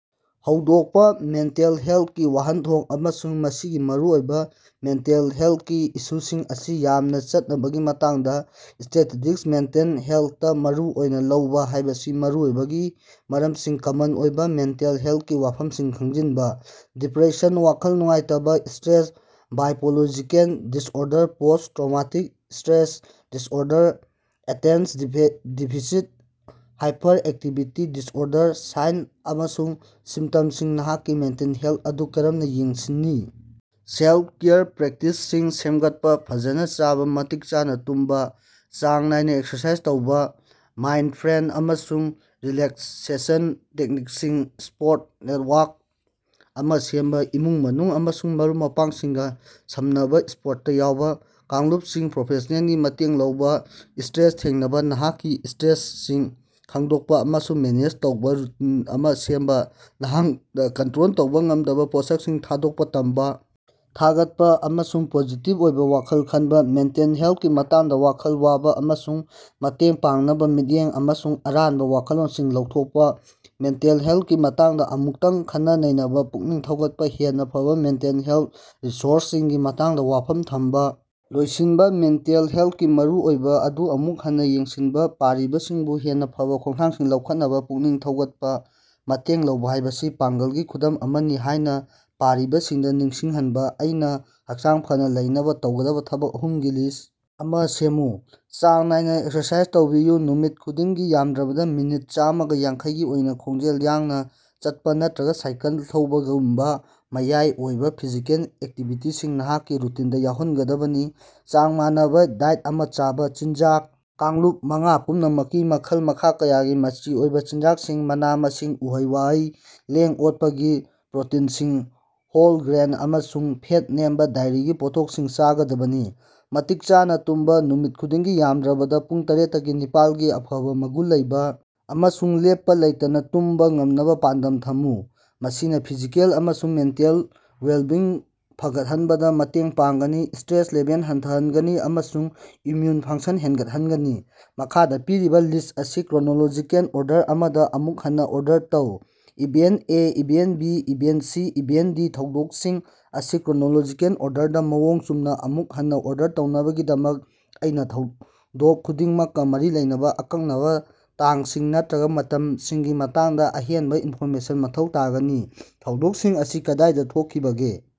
ꯍꯧꯗꯣꯛꯄ ꯃꯦꯟꯇꯦꯜ ꯍꯦꯂꯇꯀꯤ ꯋꯥꯍꯟꯊꯣꯛ ꯑꯃꯁꯨꯡ ꯃꯁꯤꯒꯤ ꯃꯔꯨꯑꯣꯏꯕ ꯃꯦꯟꯇꯦꯜ ꯍꯦꯂꯇꯀꯤ ꯏꯁꯨꯁꯤꯡ ꯑꯁꯤ ꯌꯥꯝꯅ ꯆꯠꯅꯕꯒꯤ ꯃꯇꯥꯡꯗ ꯁ꯭ꯇꯦꯇꯤꯁ꯭ꯇꯤꯛꯁ ꯃꯦꯟꯇꯦꯜ ꯍꯦꯂꯇꯇꯥ ꯃꯔꯨꯑꯣꯏꯅ ꯂꯧꯕ ꯍꯥꯏꯕꯁꯤ ꯃꯔꯨꯑꯣꯏꯕꯒꯤ ꯃꯔꯝꯁꯤꯡ ꯀꯃꯟ ꯑꯣꯏꯕ ꯃꯦꯟꯇꯦꯜ ꯍꯦꯂꯇꯀꯤ ꯋꯥꯐꯝꯁꯤꯡ ꯈꯪꯖꯤꯟꯕ, ꯗꯤꯄꯔꯦꯁꯟ, ꯋꯥꯈꯜ ꯅꯨꯡꯉꯥꯏꯇꯕ, stress, biological disorder, posttraumatic stress disorder, attention ꯗꯦꯐꯦ ꯗꯦꯐꯤꯁꯤꯠ ꯍꯥꯏꯄꯔꯑꯦꯛꯇꯤꯚꯤꯇꯤ ꯗꯤꯁꯑꯣꯔꯗꯔ, ꯁꯥꯏꯟ ꯑꯃꯁꯨꯡ ꯁꯤꯝꯇꯝꯁꯤꯡ, ꯅꯍꯥꯛꯀꯤ ꯃꯦꯟꯇꯦꯜ ꯍꯦꯂꯇ ꯑꯗꯨ ꯀꯔꯝꯅ ꯌꯦꯡꯁꯤꯟꯅꯤ. ꯁꯦꯂꯇ-ꯀꯦꯌꯔ ꯄ꯭ꯔꯦꯛꯇꯤꯁꯁꯤꯡ ꯁꯦꯝꯒꯠꯄꯥ ꯐꯖꯅꯥ ꯆꯥꯕ ꯃꯇꯤꯛ ꯆꯥꯅ ꯇꯨꯝꯕꯥ ꯆꯥꯡ ꯅꯥꯏꯅꯥ ꯑꯦꯛꯁꯔꯁꯥꯏꯖ ꯇꯧꯕꯥ ꯃꯥꯏꯟꯗꯐ꯭ꯔꯦꯟꯗ ꯑꯃꯁꯨꯡ ꯔꯤꯂꯦꯛꯁꯦꯁꯟ ꯇꯦꯛꯅꯤꯛꯁꯤꯡ. ꯁꯄꯣꯔꯠ ꯅꯦꯇꯋꯥꯔꯛ ꯑꯃ ꯁꯦꯝꯕꯥ ꯏꯃꯨꯡ-ꯃꯅꯨꯡ ꯑꯃꯁꯨꯡ ꯃꯔꯨꯞ-ꯃꯄꯥꯡꯁꯤꯡꯒ ꯁꯝꯅꯕꯥ ꯁꯄꯣꯔꯇꯇꯥ ꯌꯥꯎꯕ꯫ ꯀꯥꯡꯂꯨꯞꯁꯤꯡ ꯄ꯭ꯔꯣꯐꯦꯁ꯭ꯅꯦꯜꯒꯤ ꯃꯇꯦꯡ ꯂꯧꯕ. ꯁ꯭ꯇꯔꯦꯁ ꯊꯦꯡꯅꯕꯥ ꯅꯍꯥꯛꯀꯤ ꯁ꯭ꯇꯔꯦꯁꯔꯁꯤꯡ ꯈꯪꯗꯣꯛꯄꯥ ꯑꯃꯁꯨꯡ ꯃꯦꯅꯦꯖ ꯇꯧꯕ ꯔꯨꯇꯤꯟ ꯑꯃ ꯁꯦꯝꯕꯥ ꯅꯍꯥꯛꯅ ꯀꯟꯇꯔꯣꯜ ꯇꯧꯕ ꯉꯝꯗꯕꯥ ꯄꯣꯠꯁꯛꯁꯤꯡ ꯊꯥꯗꯣꯛꯄ ꯇꯝꯕꯥ. ꯊꯥꯒꯠꯄ ꯑꯃꯁꯨꯡ ꯄꯣꯖꯤꯇꯤꯚ ꯑꯣꯏꯕ ꯋꯥꯈꯜ ꯈꯟꯕꯥ. ꯃꯦꯟꯇꯦꯜ ꯍꯦꯜꯇꯀꯤ ꯃꯇꯥꯡꯗ ꯋꯥꯈꯜ ꯋꯥꯕ ꯑꯃꯁꯨꯡ ꯃꯇꯦꯡ ꯄꯥꯡꯅꯕꯥ. ꯃꯤꯠꯌꯦꯡ ꯑꯃꯁꯨꯡ ꯑꯔꯥꯟꯕ ꯋꯥꯈꯜꯂꯣꯟꯁꯤꯡ ꯂꯧꯊꯣꯛꯄ. ꯃꯦꯟꯇꯦꯜ ꯍꯦꯜꯇꯀꯤ ꯃꯇꯥꯡꯗ ꯑꯃꯨꯛꯇꯪ ꯈꯟꯅ-ꯅꯩꯅꯕꯥ ꯄꯨꯛꯅꯤꯡ ꯊꯧꯒꯠꯄꯥ. ꯍꯦꯟꯅꯥ ꯐꯕꯥ ꯃꯦꯟꯇꯦꯜ ꯍꯦꯜꯇ ꯔꯤꯁꯣꯔꯁꯁꯤꯡꯒꯤ ꯃꯇꯥꯡꯗ ꯋꯥꯐꯝ ꯊꯝꯕꯥ. ꯂꯣꯏꯁꯤꯟꯕꯥ. ꯃꯦꯟꯇꯦꯜ ꯍꯦꯜꯇꯀꯤ ꯃꯔꯨꯑꯣꯏꯕ ꯑꯗꯨ ꯑꯃꯨꯛ ꯍꯟꯅꯥ ꯌꯦꯡꯁꯤꯟꯕ ꯄꯥꯔꯤꯕꯁꯤꯡꯕꯨ ꯍꯦꯟꯅꯥ ꯐꯕꯥ ꯈꯣꯡꯊꯥꯡꯁꯤꯡ ꯂꯧꯈꯠꯅꯕꯥ ꯄꯨꯛꯅꯤꯡ ꯊꯧꯒꯠꯄꯥ꯫ ꯃꯇꯦꯡ ꯂꯧꯕ ꯍꯥꯏꯕꯁꯤ ꯄꯥꯡꯒꯜꯒꯤ ꯈꯨꯗꯝ ꯑꯃꯅꯤ ꯍꯥꯏꯅꯥ ꯄꯥꯔꯤꯕꯁꯤꯡꯗꯥ ꯅꯤꯡꯁꯤꯡ ꯍꯟꯕꯥ꯫ ꯑꯩꯅꯥ ꯍꯛꯆꯥꯡ ꯐꯅꯥ ꯂꯩꯅꯕ ꯇꯧꯒꯗꯕꯥ ꯊꯕꯛ ꯑꯍꯨꯝꯒꯤ ꯂꯤꯁ꯭ꯠ ꯑꯃ ꯁꯦꯝꯃꯨ꯫ ꯆꯥꯡ ꯅꯥꯏꯅ ꯑꯦꯛꯁꯔꯁꯥꯏꯖ ꯇꯧꯕꯤꯌꯨ: ꯅꯨꯃꯤꯠ ꯈꯨꯗꯤꯡꯒꯤ ꯌꯥꯝꯗ꯭ꯔꯕꯗ ꯃꯤꯅꯠ ꯆꯥꯝꯃꯒ ꯌꯥꯡꯈꯩ ꯒꯤ ꯑꯣꯏꯅ ꯈꯣꯡꯖꯦꯜ ꯌꯥꯡꯅ ꯆꯠꯄꯥ ꯅꯠꯇꯔꯒ ꯁꯥꯏꯀꯜ ꯊꯧꯕꯒꯨꯝꯕꯥ ꯃꯌꯥꯏ ꯑꯣꯏꯕ ꯐꯤꯖꯤꯀꯦꯜ ꯑꯦꯛꯇꯤꯚꯤꯇꯤꯁꯤꯡ ꯅꯍꯥꯛꯀꯤ ꯔꯨꯇꯤꯟꯗꯥ ꯌꯥꯎꯍꯒꯗꯕꯅꯤ꯫ ꯆꯥꯡ ꯃꯥꯟꯅꯕ ꯗꯥꯏꯠ ꯑꯃ ꯆꯥꯕ: ꯆꯤꯟꯖꯥꯛ ꯀꯥꯡꯂꯨꯞ ꯃꯉꯥ ꯄꯨꯝꯅꯃꯛꯀꯤ ꯃꯈꯜ-ꯃꯈꯥ ꯀꯌꯥꯒꯤ ꯃꯆꯤ ꯑꯣꯏꯕꯥ ꯆꯤꯟꯖꯥꯛꯁꯤꯡ ꯃꯅꯥ-ꯃꯁꯤꯡ, ꯎꯍꯩ-ꯋꯥꯍꯩ, ꯂꯦꯡ-ꯑꯣꯠꯄꯒꯤ ꯄ꯭ꯔꯣꯇꯤꯟꯁꯤꯡ, ꯍꯣꯜ ꯒ꯭ꯔꯦꯟ, ꯑꯃꯁꯨꯡ ꯐꯦꯠ ꯅꯦꯝꯕꯥ ꯗꯥꯏꯔꯤꯒꯤ ꯄꯣꯠꯊꯣꯛꯁꯤꯡ ꯆꯥꯒꯗꯕꯅꯤ꯫ ꯃꯇꯤꯛ ꯆꯥꯅ ꯇꯨꯝꯕꯥ: ꯅꯨꯃꯤꯠ ꯈꯨꯗꯤꯡꯒꯤ ꯌꯥꯝꯗ꯭ꯔꯕꯗ ꯄꯨꯡ ꯇꯔꯦꯠꯇꯒꯤ ꯅꯤꯄꯥꯟ ꯒꯤ ꯑꯐꯕꯥ ꯃꯒꯨꯟ ꯂꯩꯕ ꯑꯃꯁꯨꯡ ꯂꯦꯞꯄꯥ ꯂꯩꯇꯅꯥ ꯇꯨꯝꯕꯥ ꯉꯝꯅꯕꯥ ꯄꯥꯟꯗꯝ ꯊꯝꯃꯨ꯫ ꯃꯁꯤꯅꯥ ꯐꯤꯖꯤꯀꯦꯜ ꯑꯃꯁꯨꯡ ꯃꯦꯟꯇꯦꯜ ꯋꯦꯜꯕꯤꯡ ꯐꯒꯠꯍꯟꯕꯗꯥ ꯃꯇꯦꯡ ꯄꯥꯡꯒꯅꯤ, ꯁ꯭ꯇꯔꯦꯁ ꯂꯦꯚꯦꯜ ꯍꯟꯊꯍꯟꯒꯅꯤ ꯑꯃꯁꯨꯡ ꯏꯝꯃꯌꯨꯟ ꯐꯪꯁꯟ ꯍꯦꯒꯠꯍꯟꯒꯅꯤ꯫ ꯃꯈꯥꯗ ꯄꯤꯔꯤꯕꯥ ꯂꯤꯁ ꯑꯁꯤ ꯀ꯭ꯔꯣꯅꯣꯂꯣꯖꯤꯀꯦꯜ ꯑꯣꯔꯗꯔ ꯑꯃꯗ ꯑꯃꯨꯛ ꯍꯟꯅꯥ ꯑꯣꯔꯗꯔ ꯇꯧ꯫ Event A, event B, event C, event D ꯊꯧꯗꯣꯛꯁꯤꯡ ꯑꯁꯤ ꯀ꯭ꯔꯣꯅꯣꯂꯣꯖꯤꯀꯦꯜ ꯑꯣꯔꯗꯔꯗꯥ ꯃꯑꯣꯡ ꯆꯨꯝꯅꯥ ꯑꯃꯨꯛ ꯍꯟꯅꯥ ꯑꯣꯔꯗꯔ ꯇꯧꯅꯕꯒꯤꯗꯃꯛ, ꯑꯩꯅ ꯊꯧꯗꯣꯛ ꯈꯨꯗꯤꯡꯃꯛꯀꯥ ꯃꯔꯤ ꯂꯩꯅꯕ ꯑꯀꯛꯅꯕꯥ ꯇꯥꯡꯁꯤꯡ ꯅꯠꯇꯔꯒꯥ ꯃꯇꯝꯁꯤꯡꯒꯤ ꯃꯇꯥꯡꯗ ꯑꯍꯦꯟꯕꯥ ꯏꯟꯐꯣꯔꯃꯦꯁꯟ ꯃꯊꯧ ꯇꯥꯒꯅꯤ꯫ ꯊꯧꯗꯣꯛꯁꯤꯡ ꯑꯁꯤ ꯀꯗꯥꯏꯗ ꯊꯣꯛꯈꯤꯕꯒꯦ?